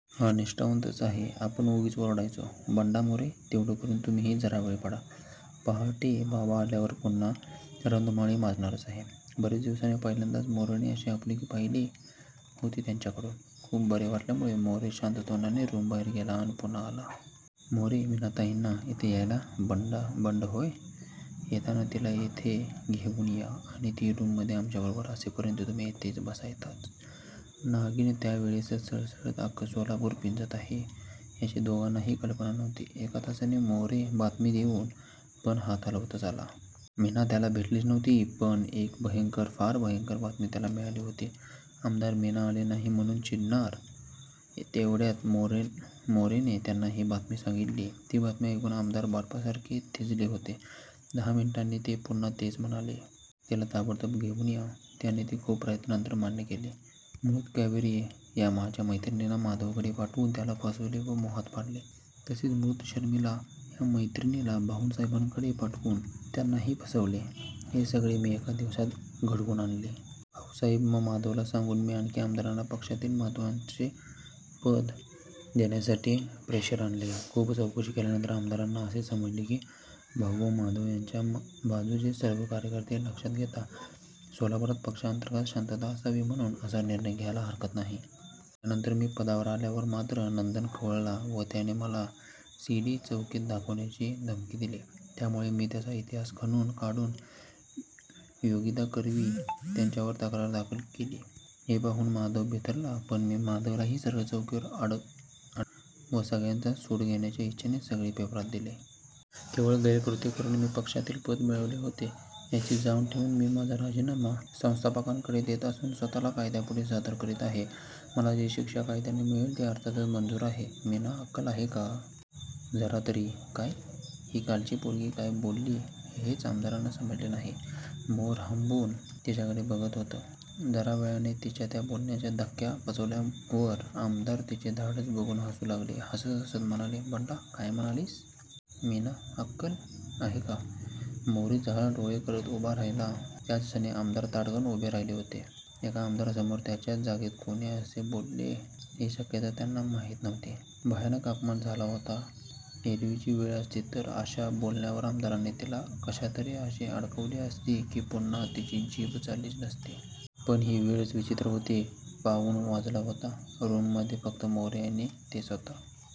हा माणूस निष्ठावानच आहे. आपण उगीच ओरडायचो. बंडा मोरे, तेवढं करून तुम्हीही जरा वेळ पडा! पहाटे बाबा आल्यावर पुन्हा रणधुमाळी माजणारच आहे. बरेच दिवसांनी पहिल्यांदाच मोरेने अशी आपुलकी पाहिली होती त्यांच्याकडून. खूप बरे वाटल्यामुळे मोरे शांत तोंडाने रूमबाहेर गेला अन पुन्हा आला. मोरे मीनाताईंना... इथे यायला.. बंड होय! येताना तिला इथे घेऊन या आणि ती रूममधे आमच्याबरोबर असेपर्यंत तुम्ही इथेच बसायचंत! नागीण त्याचवेलेस सळसळत अख्खं सोलापूर पिंजत आहे याची दोघांनाही कल्पना नव्हती. एक तासाने मोरे बातमी देऊन, पण हात हलवतच आला. मीना त्याला भेटलीच नव्हती. पण एक भयंकर, फ़ार भयंकर बातमी त्याला मिळाली होती. आमदार मीना आली नाही म्हणून चिडणार एवढ्यात मोरेने त्यांना ती बातमी सांगीतली. ती बातमी ऐकून आमदार बर्फ़ासारखे थिजले होते. दहा मिनिटांनी ते पुन्हा तेच म्हणाले. 'तिला ताबडतोब घेऊन या'! त्याने ते खूप प्रयत्नांनतर मान्य केले. मृत कावेरी या माझ्या मैत्रिणीला माधवकडे पाठवून त्याला फ़सवले व मोहात पाडले. तसेच, मृत शर्मिला या मैत्रिणीला भाऊसाहेबांकडे पाठवून त्यांनाही फ़सवले. हे सगळे मी एका दिवसात घडवून आणले. भाऊसाहेब व माधवला सांगून मी आमदारांना पक्षातील महत्वाचे पद देण्यासाठी प्रेशर आणले. खूप चौकशी केल्यावर आमदारांना असे समजले की भाऊ व माधव यांच्या बाजूचे सर्व कार्यकर्ते लक्षात घेता सोलापुरात पक्षांतर्गत शांतता असावी म्हणून असा निर्णय घ्यायला हरकत नाही. त्यानंतर मी पदावर आल्यावर मात्र नंदन खवळला व त्याने मला सी. डी. चौकीत दाखवण्याची धमकी दिली. त्यामुळे मी त्याचा इतिहास खणून काढून योगिताकरवी त्याच्यावर तक्रार दाखल केली. हे पाहून माधव बिथरला. पण मी माधवलाही सरळ चौकीवर अडकव व सगळ्यांचाच सूड घेण्याच्या इच्छेने सगळे पेपरात दिले. केवळ गैरकृत्ये करून मी पक्षातील पद मिळवले होते. याची जाण ठेवून मी माझा राजीनामा संस्थापकांकडे देत असून स्वत:ला कायद्यापुढे सादर करत आहे. मला जी शिक्षा कायद्याने मिळेल ती अर्थातच मंजूर आहे. मीना अक्कल आहे का? जरा तरी, काय? ही कालची पोरगी काय बोलली हेच आमदारांना समजले नाही. मोरे हबकून तिच्याकडे बघत होता. जरावेळाने तिच्या त्या बोलण्याचा धक्का पचवल्यावर आमदार तिचे धाडस बघून हसू लागले. हसत हसत म्हणाले: बंडा काय म्हणलीस? मीना अक्कल!.आहे का? मोरे जहाल डोळे करत उभा राहिला त्याचक्षणी आमदार ताडकन उभे राहिले होते. एका आमदारासमोर त्याच्याच जागेत कुणी असे बोलेल ही शक्यता त्यांना माहीतही नव्हती. भयानक अपमान झाला होता. एरवीची वेळ असती तर या अशा बोलण्यावर आमदारांनी तिला कशाततरी अशी अडकवली असती की पुन्हा तिची जीभ चाललीच नसती. पण ही वेळच विचित्र होती. पाऊण वाजला होता. रूममधे फ़क्त मोरे आणि ते स्वत:--